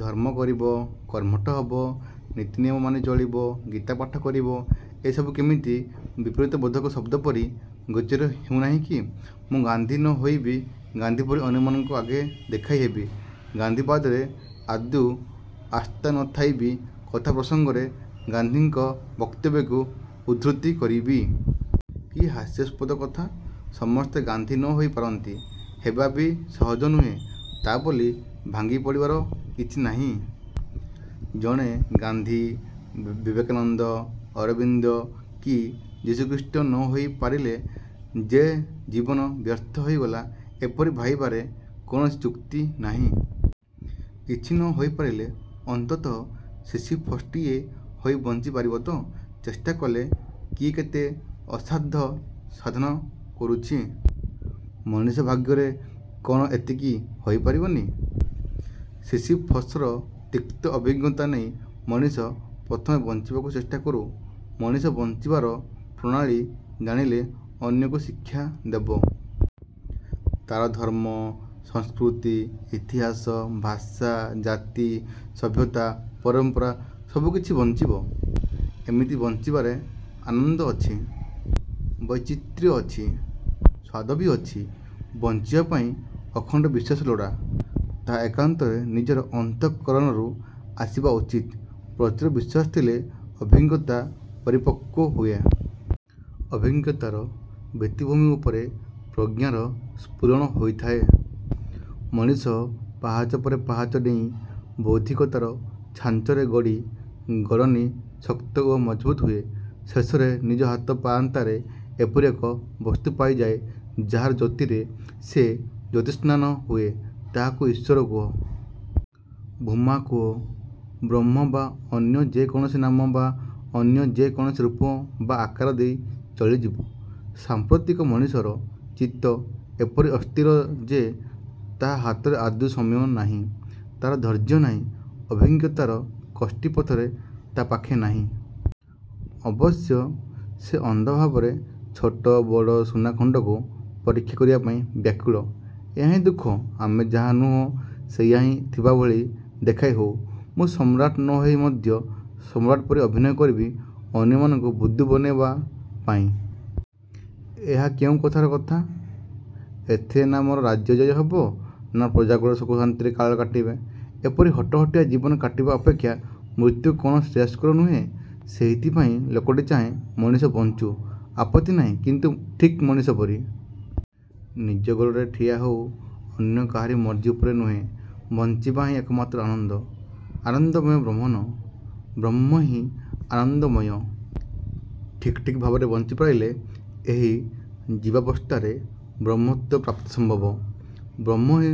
ଧର୍ମ କରିବ। କର୍ମଠ ହେବ। ନୀତିନିୟମ ମାନି ଚଳିବ। ଗୀତା ପାଠ କରିବ। ଏସବୁ କେମିତି ବିପରୀତବୋଧକ ଶବ୍ଦ ପରି ଗୋଚର ହେଉ ନାହିଁକି? ମୁଁ ଗାନ୍ଧୀ ନ ହୋଇବି ଗାନ୍ଧୀ ପରି ଅନ୍ୟମାନଙ୍କ ଆଗେ ଦେଖାଇ ହେବି। ଗାନ୍ଧୀବାଦରେ ଆଦୌ ଆସ୍ଥା ନଥାଇବି କଥା ପ୍ରସଙ୍ଗରେ ଗାନ୍ଧୀଙ୍କ ବକ୍ତବ୍ୟକୁ ଉଦ୍ଧୃତି କରିବି। କି ହାସ୍ୟାସ୍ପଦ କଥା! ସମସ୍ତେ ଗାନ୍ଧୀ ନହୋଇ ପାରନ୍ତି। ହେବା ବି ସହଜ ନୁହେଁ, ତା'ବୋଲି ଭାଙ୍ଗି ପଡ଼ିବାର କିଛି ନାହିଁ। ଜଣେ ଗାନ୍ଧୀ, ବିବେକାନନ୍ଦ, ଅରବିନ୍ଦ କି ଯୀଶୁଖ୍ରୀଷ୍ଟ ନହୋଇ ପାରିଲେ ଯେ ଜୀବନ ବ୍ୟର୍ଥ ହୋଇଗଲା, ଏପରି ଭାବିବାର କୌଣସି ଯୁକ୍ତି ନାହିଁ। କିଛି ନହୋଇ ପାରିଲେ ଅନ୍ତତଃ ସିସିଫସ୍ଟିଏ ହୋଇ ବଞ୍ଚି ପାରିବତ। ଚେଷ୍ଟାକଲେ କିଏ କେତେ ଅସାଧ୍ୟ ସାଧନ କରୁଛି। ମଣିଷ ଭାଗ୍ୟରେ କ'ଣ ଏତିକି ହୋଇ ପାରିବନି? ସିସିଫସ୍ର ତିକ୍ତ ଅଭିଜ୍ଞତା ନେଇ ମଣିଷ ପ୍ରଥମେ ବଞ୍ଚିବାକୁ ଚେଷ୍ଟା କରୁ। ମଣିଷ ବଞ୍ଚିବାର ପ୍ରଣାଳୀ ଜାଣିଲେ ଅନ୍ୟକୁ ଶିକ୍ଷା ଦେବ। ତା'ର ଧର୍ମ, ସଂସ୍କୃତି, ଇତିହାସ, ଭାଷା, ଜାତି, ସଭ୍ୟତା, ପରମ୍ପରା–ସବୁକିଛି ବଞ୍ଚିବ। ଏମିତି ବଞ୍ଚିବାରେ ଆନନ୍ଦ ଅଛି। ବୈଚିତ୍ର୍ୟ ଅଛି। ସ୍ୱାଦ ବି ଅଛି। ବଞ୍ଚିବା ପାଇଁ ଅଖଣ୍ଡ ବିଶ୍ୱାସ ଲୋଡ଼ା। ତାହା ଏକାନ୍ତରେ ନିଜର ଅନ୍ତଃକରଣରୁ ଆସିବା ଉଚିତ। ପ୍ରଚୁର ବିଶ୍ୱାସ ଥିଲେ ଅଭିଜ୍ଞତା ପରିପକ୍ୱ ହୁଏ। ଅଭିଜ୍ଞତାର ଭିତ୍ତିଭୂମି ଉପରେ ପ୍ରଜ୍ଞାର ସ୍ଫୁରଣ ହୋଇଥାଏ। ମଣିଷ ପାହାଚ ପରେ ପାହାଚ ଡେଇଁ ବୌଦ୍ଧିକତାର ଛାଞ୍ଚରେ ଗଡ଼ି ଗଡନି ଶକ୍ତ ଓ ମଜବୁତ୍ ହୁଏ। ଶେଷରେ ନିଜ ହାତ ପାଆନ୍ତାରେ ଏପରି ଏକ ବସ୍ତୁ ପାଇଯାଏ ଯାହାର ଜ୍ୟୋତିରେ ସେ ଜ୍ୟୋତିଷ୍ମାନ ହୁଏ। ତାହାକୁ ଈଶ୍ୱର କୁହ। ଭୂମା କୁହ। ବ୍ରହ୍ମ ବା ଅନ୍ୟ ଯେ କୌଣସି ନାମ ବା ଅନ୍ୟ ଯେ କୌଣସି ରୂପ ବା ଆକାର ଦେଲେ ଚଳିଯିବ। ସାଂପ୍ରତିକ ମଣିଷର ଚିତ୍ତ ଏପରି ଅସ୍ଥିର ଯେ ତାହା ହାତରେ ଆଦୌ ସମୟ ନାହିଁ। ତା'ର ଧୈର୍ଯ୍ୟ ନାହିଁ। ଅଭିଜ୍ଞତାର କଷ୍ଟି ପଥର ତା' ପାଖେ ନାହିଁ। ଅବଶ୍ୟ ସେ ଅନ୍ଧ ଭାବେ ଛୋଟ ବଡ଼ ସୁନା ଖଣ୍ଡକୁ ପରୀକ୍ଷା କରିବା ପାଇଁ ବ୍ୟାକୁଳ। ଏହାହିଁ ଦୁଃଖ। ଆମେ ଯାହା ନୁହଁ, ସେଇଆ ଥିବାଭଳି ଦେଖାଇ ହଉ। ମୁଁ ସମ୍ରାଟ ନ ହୋଇ ମଧ୍ୟ ସମ୍ରାଟ ପରି ଅଭିନୟ କରିବି ଅନ୍ୟମାନଙ୍କୁ ବୁଦ୍ଦୁ ବନେଇବା ପାଇଁ। ଏହା କେଉଁ କଥାର କଥା। ଏଥିରେ ନାଁ ମୋର ରାଜ୍ୟଜୟ ହେବ? ନାଁ ପ୍ରଜାକୁଳ ସୁଖଶାନ୍ତିରେ କାଳ କାଟିବେ? ଏପରି ହଟହଟିଆ ଜୀବନ କାଟିବା ଅପେକ୍ଷା ମୃତ୍ୟୁ କ'ଣ ଶ୍ରେୟସ୍କର ନୁହେଁ? ସେଇଥିପାଇଁ ଲୋକଟି ଚାହେଁ, ମଣିଷ ବଞ୍ଚୁ। ଆପତ୍ତି ନାହିଁ। କିନ୍ତୁ ଠିକ୍ ମଣିଷ ପରି। ନିଜ ଗୋଡ଼ରେ ଠିଆ ହେଉ। ଅନ୍ୟ କାହାରି ମର୍ଜି ଉପରେ ନୁହେଁ। ବଞ୍ଚିବାହିଁ ଏକମାତ୍ର ଆନନ୍ଦ। ଆନନ୍ଦମୟୋ ବ୍ରହ୍ମନ୍। ବ୍ରହ୍ମହିଁ ଆନନ୍ଦମୟ। ଠିକ୍ ଠିକ୍ ଭାବେ ବଞ୍ଚି ପାରିଲେ ଏଇ ଜୀବାବସ୍ଥାରେ ବ୍ରହ୍ମତ୍ୱ ପ୍ରାପ୍ତି ସମ୍ଭବ। ବ୍ରହ୍ମହିଁ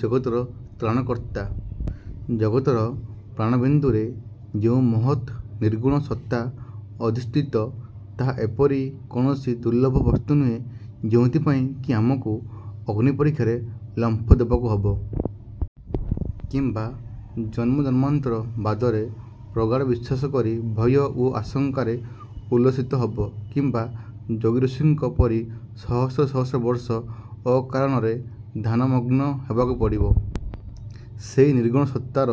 ଜଗତର ତ୍ରାଣକର୍ତ୍ତା। ଜଗତର ପ୍ରାଣବିନ୍ଦୁରେ ଯେଉଁ ମହତ୍ ନିର୍ଗୁଣ ସତ୍ତା ଅଧିଷ୍ଠିତ, ତାହା ଏପରି କୌଣସି ଦୁର୍ଲଭ ବସ୍ତୁ ନୁହେଁ ଯେଉଁଥି ପାଇଁ କି ଆମକୁ ଅଗ୍ନିପରୀକ୍ଷାରେ ଲମ୍ଫ ଦେବାକୁ ହେବ। କିମ୍ବା ଜନ୍ମ ଜନ୍ମାନ୍ତର ବାଦରେ ପ୍ରଗାଢ଼ ବିଶ୍ୱାସ କରି ଭୟ ଓ ଆଶଙ୍କାରେ ଉଲ୍ଲସିତ ହେବ, କିମ୍ବା ଯୋଗୀଋଷିଙ୍କ ପରି ସହସ୍ର ସହସ୍ର ବର୍ଷ ଅକାରଣରେ ଧ୍ୟାନମଗ୍ନ ହେବାକୁ ପଡ଼ିବ। ସେଇ ନିର୍ଗୁଣ ସତ୍ତାର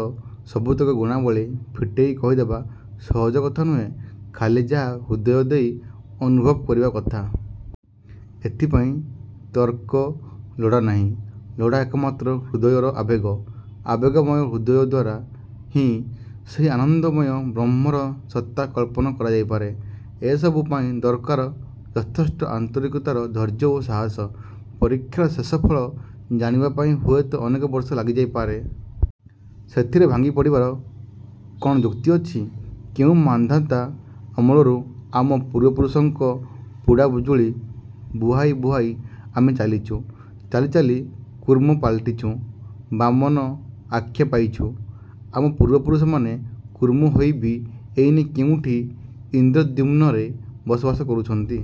ସବୁତକ ଗୁଣାବଳୀ ଫିଟେଇ କହିଦେବା ସହଜ କଥାନୁହେଁ। ଖାଲି ଯାହା ହୃଦୟ ଦେଇ ଅନୁଭବ କରିବା କଥା। ଏଥିପାଇଁ ତର୍କ ଲୋଡ଼ା ନାହିଁ। ଲୋଡ଼ା ଏକମାତ୍ର ହୃଦୟର ଆବେଗ। ଆବେଗମୟ ହୃଦୟଦ୍ୱାରା ହିଁ ସେଇ ଆନନ୍ଦମୟ ବ୍ରହ୍ମର ସତ୍ତା କଳ୍ପନା କରାଯାଇପାରେ। ଏସବୁ ପାଇଁ ଦରକାର ଯଥେଷ୍ଟ ଆନ୍ତରିକତା ଧୈର୍ଯ୍ୟ ଓ ସାହାସ, ପରୀକ୍ଷାର ଶେଷ ଫଳ ଜାଣିବା ପାଇଁ ହୁଏତ ଅନେକ ବର୍ଷ ଲାଗିଯାଇପାରେ। ସେଥିରେ ଭାଙ୍ଗି ପଡ଼ିବାର କ'ଣ ଯୁକ୍ତି ଅଛି। କେଉଁ ମାନ୍ଧାତା ଅମଳରୁ ଆମ ପୂର୍ବପୁରୁଷଙ୍କ ପୁଡ଼ାବୁଜୁଳି ବୁହାଇ ବୁହାଇ ଆମେ ଚାଲିଛୁ। ଚାଲି ଚାଲି କୂର୍ମ ପାଲଟିଛୁ। ବାମନ ଆଖ୍ୟା ପାଇଛୁ। ଆମ ପୂର୍ବପୁରୁଷ ମାନେ କୂର୍ମ ହୋଇ ବି ଏଇନେ କେଇଁଠି ଇନ୍ଦ୍ରଦ୍ୟୁମ୍ନରେ ବସବାସ କରୁଛନ୍ତି।